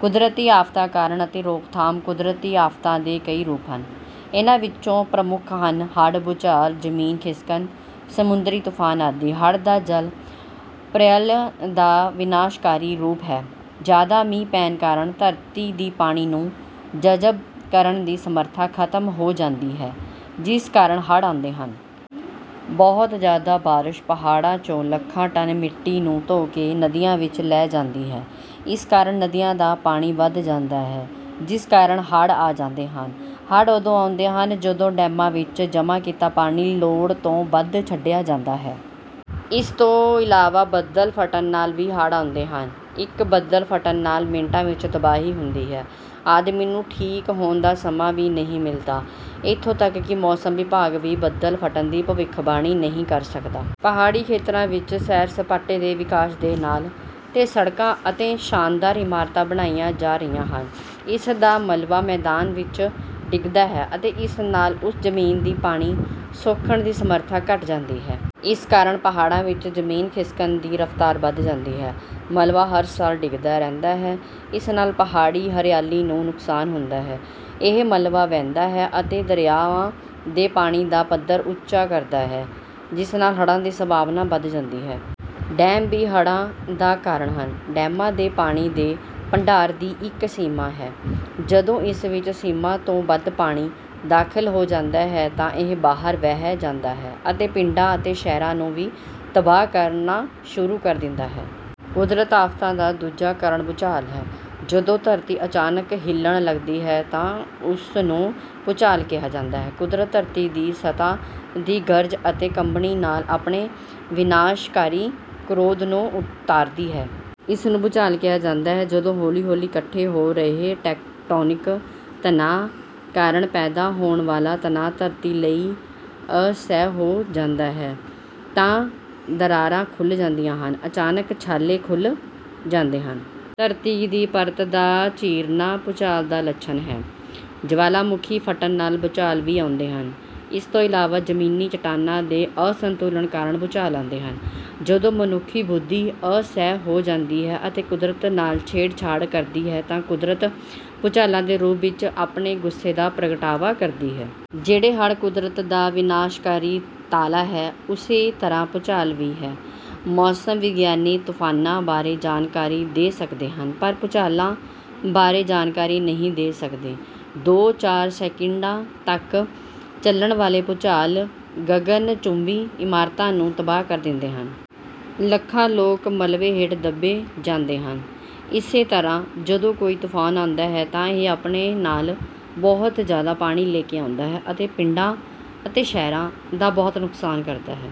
ਕੁਦਰਤੀ ਆਫ਼ਤਾਂ-ਕਾਰਨ ਅਤੇ ਰੋਕਥਾਮ ਕੁਦਰਤੀ ਆਫ਼ਤਾਂ ਦੇ ਕਈ ਰੂਪ ਹਨ। ਇਨ੍ਹਾਂ ਵਿੱਚੋਂ ਪ੍ਰਮੁੱਖ ਹਨ ਹੜ੍ਹ, ਭੂਚਾਲ, ਜ਼ਮੀਨ ਖਿਸਕਣ, ਸਮੁੰਦਰੀ ਤੂਫ਼ਾਨ ਆਦਿ। ਹੜ੍ਹ ਦਾ ਜਲ ਪ੍ਰਲਯ ਦਾ ਵਿਨਾਸ਼ਕਾਰੀ ਰੂਪ ਹੈ। ਜ਼ਿਆਦਾ ਮੀਂਹ ਪੈਣ ਕਾਰਨ ਧਰਤੀ ਦੀ ਪਾਣੀ ਨੂੰ ਜਜ਼ਬ ਕਰਨ ਦੀ ਸਮਰੱਥਾ ਖਤਮ ਹੋ ਜਾਂਦੀ ਹੈ, ਜਿਸ ਕਾਰਨ ਹੜ੍ਹ ਆਉਂਦੇ ਹਨ। ਬਹੁਤ ਜ਼ਿਆਦਾ ਬਾਰਸ਼ ਪਹਾੜਾਂ ਤੋਂ ਲੱਖਾਂ ਟਨ ਮਿੱਟੀ ਨੂੰ ਧੋ ਕੇ ਨਦੀਆਂ ਵਿੱਚ ਲੈ ਜਾਂਦੀ ਹੈ। ਇਸ ਕਾਰਨ ਨਦੀਆਂ ਦਾ ਪਾਣੀ ਵੱਧ ਜਾਂਦਾ ਹੈ ਜਿਸ ਕਾਰਨ ਹੜ੍ਹ ਆ ਜਾਂਦੇ ਹਨ। ਹੜ੍ਹ ਉਦੋਂ ਵੀ ਆਉਂਦੇ ਹਨ ਜਦੋਂ ਡੈਮਾਂ ਵਿੱਚ ਜਮਾਂ ਕੀਤਾ ਪਾਣੀ ਲੋੜ ਤੋਂ ਵੱਧ ਛੱਡਿਆ ਜਾਂਦਾ ਹੈ। ਇਸ ਤੋਂ ਇਲਾਵਾ ਬੱਦਲ ਫੱਟਣ ਨਾਲ ਵੀ ਹੜ੍ਹ ਆਉਂਦੇ ਹਨ। ਇੱਕ ਬੱਦਲ ਫਟਣ ਨਾਲ ਮਿੰਟਾਂ ਵਿੱਚ ਤਬਾਹੀ ਹੁੰਦੀ ਹੈ। ਆਦਮੀ ਨੂੰ ਠੀਕ ਹੋਣ ਦਾ ਸਮਾਂ ਵੀ ਨਹੀਂ ਮਿਲਦਾ। ਇੱਥੋਂ ਤੱਕ ਕਿ ਮੌਸਮ ਵਿਭਾਗ ਵੀ ਬੱਦਲ ਫਟਣ ਦੀ ਭਵਿੱਖਬਾਣੀ ਨਹੀਂ ਕਰ ਸਕਦਾ। ਪਹਾੜੀ ਖੇਤਰਾਂ ਵਿੱਚ ਸੈਰ-ਸਪਾਟੇ ਦੇ ਵਿਕਾਸ ਦੇ ਨਾਂ 'ਤੇ ਸੜਕਾਂ ਅਤੇ ਸ਼ਾਨਦਾਰ ਇਮਾਰਤਾਂ ਬਣਾਈਆਂ ਜਾ ਰਹੀਆਂ ਹਨ। ਇਸ ਦਾ ਮਲਬਾ ਮੈਦਾਨ ਵਿੱਚ ਡਿੱਗਦਾ ਹੈ ਅਤੇ ਇਸ ਨਾਲ ਉਸ ਜ਼ਮੀਨ ਦੀ ਪਾਣੀ ਸੋਖਣ ਦੀ ਸਮਰੱਥਾ ਘਟ ਜਾਂਦੀ ਹੈ। ਇਸ ਕਾਰਨ ਪਹਾੜਾਂ ਵਿੱਚ ਜ਼ਮੀਨ ਖਿਸਕਣ ਦੀ ਰਫ਼ਤਾਰ ਵੱਧ ਜਾਂਦੀ ਹੈ। ਮਲਬਾ ਹਰ ਸਾਲ ਡਿੱਗਦਾ ਰਹਿੰਦਾ ਹੈ। ਇਸ ਨਾਲ ਪਹਾੜੀ ਹਰਿਆਲੀ ਨੂੰ ਨੁਕਸਾਨ ਹੁੰਦਾ ਹੈ। ਇਹ ਮਲਬਾ ਵਹਿੰਦਾ ਹੈ ਅਤੇ ਦਰਿਆਵਾਂ ਦੇ ਪਾਣੀ ਦਾ ਪੱਧਰ ਉੱਚਾ ਕਰਦਾ ਹੈ, ਜਿਸ ਨਾਲ ਹੜ੍ਹਾਂ ਦੀ ਸੰਭਾਵਨਾ ਵਧ ਜਾਂਦੀ ਹੈ। ਡੈਮ ਵੀ ਹੜ੍ਹਾਂ ਦਾ ਕਾਰਨ ਹਨ। ਡੈਮਾਂ ਦੇ ਪਾਣੀ ਦੇ ਭੰਡਾਰ ਦੀ ਇੱਕ ਸੀਮਾ ਹੈ। ਜਦੋਂ ਇਸ ਵਿੱਚ ਸੀਮਾ ਤੋਂ ਵੱਧ ਪਾਣੀ ਦਾਖਲ ਹੋ ਜਾਂਦਾ ਹੈ, ਤਾਂ ਇਹ ਬਾਹਰ ਵਹਿ ਜਾਂਦਾ ਹੈ ਅਤੇ ਪਿੰਡਾਂ ਅਤੇ ਸ਼ਹਿਰਾਂ ਨੂੰ ਵੀ ਤਬਾਹ ਕਰਨਾ ਸ਼ੁਰੂ ਕਰ ਦਿੰਦਾ ਹੈ। ਕੁਦਰਤੀ ਆਫ਼ਤ ਦਾ ਦੂਜਾ ਕਾਰਨ ਭੂਚਾਲ ਹੈ। ਜਦੋਂ ਧਰਤੀ ਅਚਾਨਕ ਹਿੱਲਣ ਲੱਗਦੀ ਹੈ ਤਾਂ ਉਸ ਨੂੰ ਭੂਚਾਲ ਕਿਹਾ ਜਾਂਦਾ ਹੈ। ਕੁਦਰਤ ਧਰਤੀ ਦੀ ਸਤ੍ਹਾ ਦੀ ਗਰਜ ਅਤੇ ਕੰਬਣੀ ਨਾਲ ਆਪਣੇ ਵਿਨਾਸ਼ਕਾਰੀ ਕ੍ਰੋਧ ਨੂੰ ਉਤਾਰਦੀ ਹੈ। ਇਸ ਨੂੰ ਭੂਚਾਲ ਕਿਹਾ ਜਾਂਦਾ ਹੈ। ਜਦੋਂ ਹੌਲੀ-ਹੌਲੀ ਇਕੱਠੇ ਹੋ ਰਹੇ ਟੈਕਟੋਨਿਕ ਤਣਾਅ ਕਾਰਨ ਪੈਦਾ ਹੋਣ ਵਾਲਾ ਤਣਾਅ ਧਰਤੀ ਲਈ ਅਸਹਿ ਹੋ ਜਾਂਦਾ ਹੈ, ਤਾਂ ਦਰਾਰਾਂ ਖੁੱਲ੍ਹ ਜਾਂਦੀਆਂ ਹਨ। ਅਚਾਨਕ ਛਾਲੇ ਖੁੱਲ੍ਹ ਜਾਂਦੇ ਹਨ। ਧਰਤੀ ਦੀ ਪਰਤ ਦਾ ਚੀਰਨਾ ਭੂਚਾਲ ਦਾ ਲੱਛਣ ਹੈ। ਜਵਾਲਾਮੁਖੀ ਫਟਣ ਨਾਲ ਭੂਚਾਲ ਵੀ ਆਉਂਦੇ ਹਨ। ਇਸ ਤੋਂ ਇਲਾਵਾ ਜ਼ਮੀਨੀ ਚੱਟਾਨਾਂ ਦੇ ਅਸੰਤੁਲਨ ਕਾਰਨ ਭੂਚਾਲ ਆਉਂਦੇ ਹਨ। ਜਦੋਂ ਮਨੁੱਖੀ ਬੁੱਧੀ ਅਸਹਿ ਹੋ ਜਾਂਦੀ ਹੈ ਅਤੇ ਕੁਦਰਤ ਨਾਲ ਛੇੜਛਾੜ ਕਰਦੀ ਹੈ ਤਾਂ ਕੁਦਰਤ ਭੁਚਾਲਾਂ ਦੇ ਰੂਪ ਵਿੱਚ ਆਪਣੇ ਗੁੱਸੇ ਦਾ ਪ੍ਰਗਟਾਵਾ ਕਰਦੀ ਹੈ। ਜਿਵੇਂ ਹੜ੍ਹ ਕੁਦਰਤ ਦਾ ਵਿਨਾਸ਼ਕਾਰੀ ਤਾਲਾ ਹੈ, ਉਸੇ ਤਰ੍ਹਾਂ ਭੂਚਾਲ ਵੀ ਹੈ। ਮੌਸਮ ਵਿਗਿਆਨੀ ਤੂਫਾਨਾਂ ਬਾਰੇ ਜਾਣਕਾਰੀ ਦੇ ਸਕਦੇ ਹਨ ਪਰ ਭੂਚਾਲਾਂ ਬਾਰੇ ਜਾਣਕਾਰੀ ਨਹੀਂ ਦੇ ਸਕਦੇ। ਦੋ-ਚਾਰ ਸਕਿੰਟਾਂ ਤੱਕ ਚੱਲਣ ਵਾਲੇ ਭੁਚਾਲ ਗਗਨਚੁੰਬੀ ਇਮਾਰਤਾਂ ਨੂੰ ਤਬਾਹ ਕਰ ਦਿੰਦੇ ਹਨ। ਲੱਖਾਂ ਲੋਕ ਮਲਬੇ ਹੇਠ ਦੱਬੇ ਜਾਂਦੇ ਹਨ। ਇਸੇ ਤਰ੍ਹਾਂ ਜਦੋਂ ਕੋਈ ਤੂਫਾਨ ਆਉਂਦਾ ਹੈ ਤਾਂ ਇਹ ਆਪਣੇ ਨਾਲ ਬਹੁਤ ਜ਼ਿਆਦਾ ਪਾਣੀ ਲੈ ਕੇ ਆਉਂਦਾ ਹੈ ਅਤੇ ਪਿੰਡਾਂ ਅਤੇ ਸ਼ਹਿਰਾਂ ਦਾ ਬਹੁਤ ਨੁਕਸਾਨ ਕਰਦਾ ਹੈ।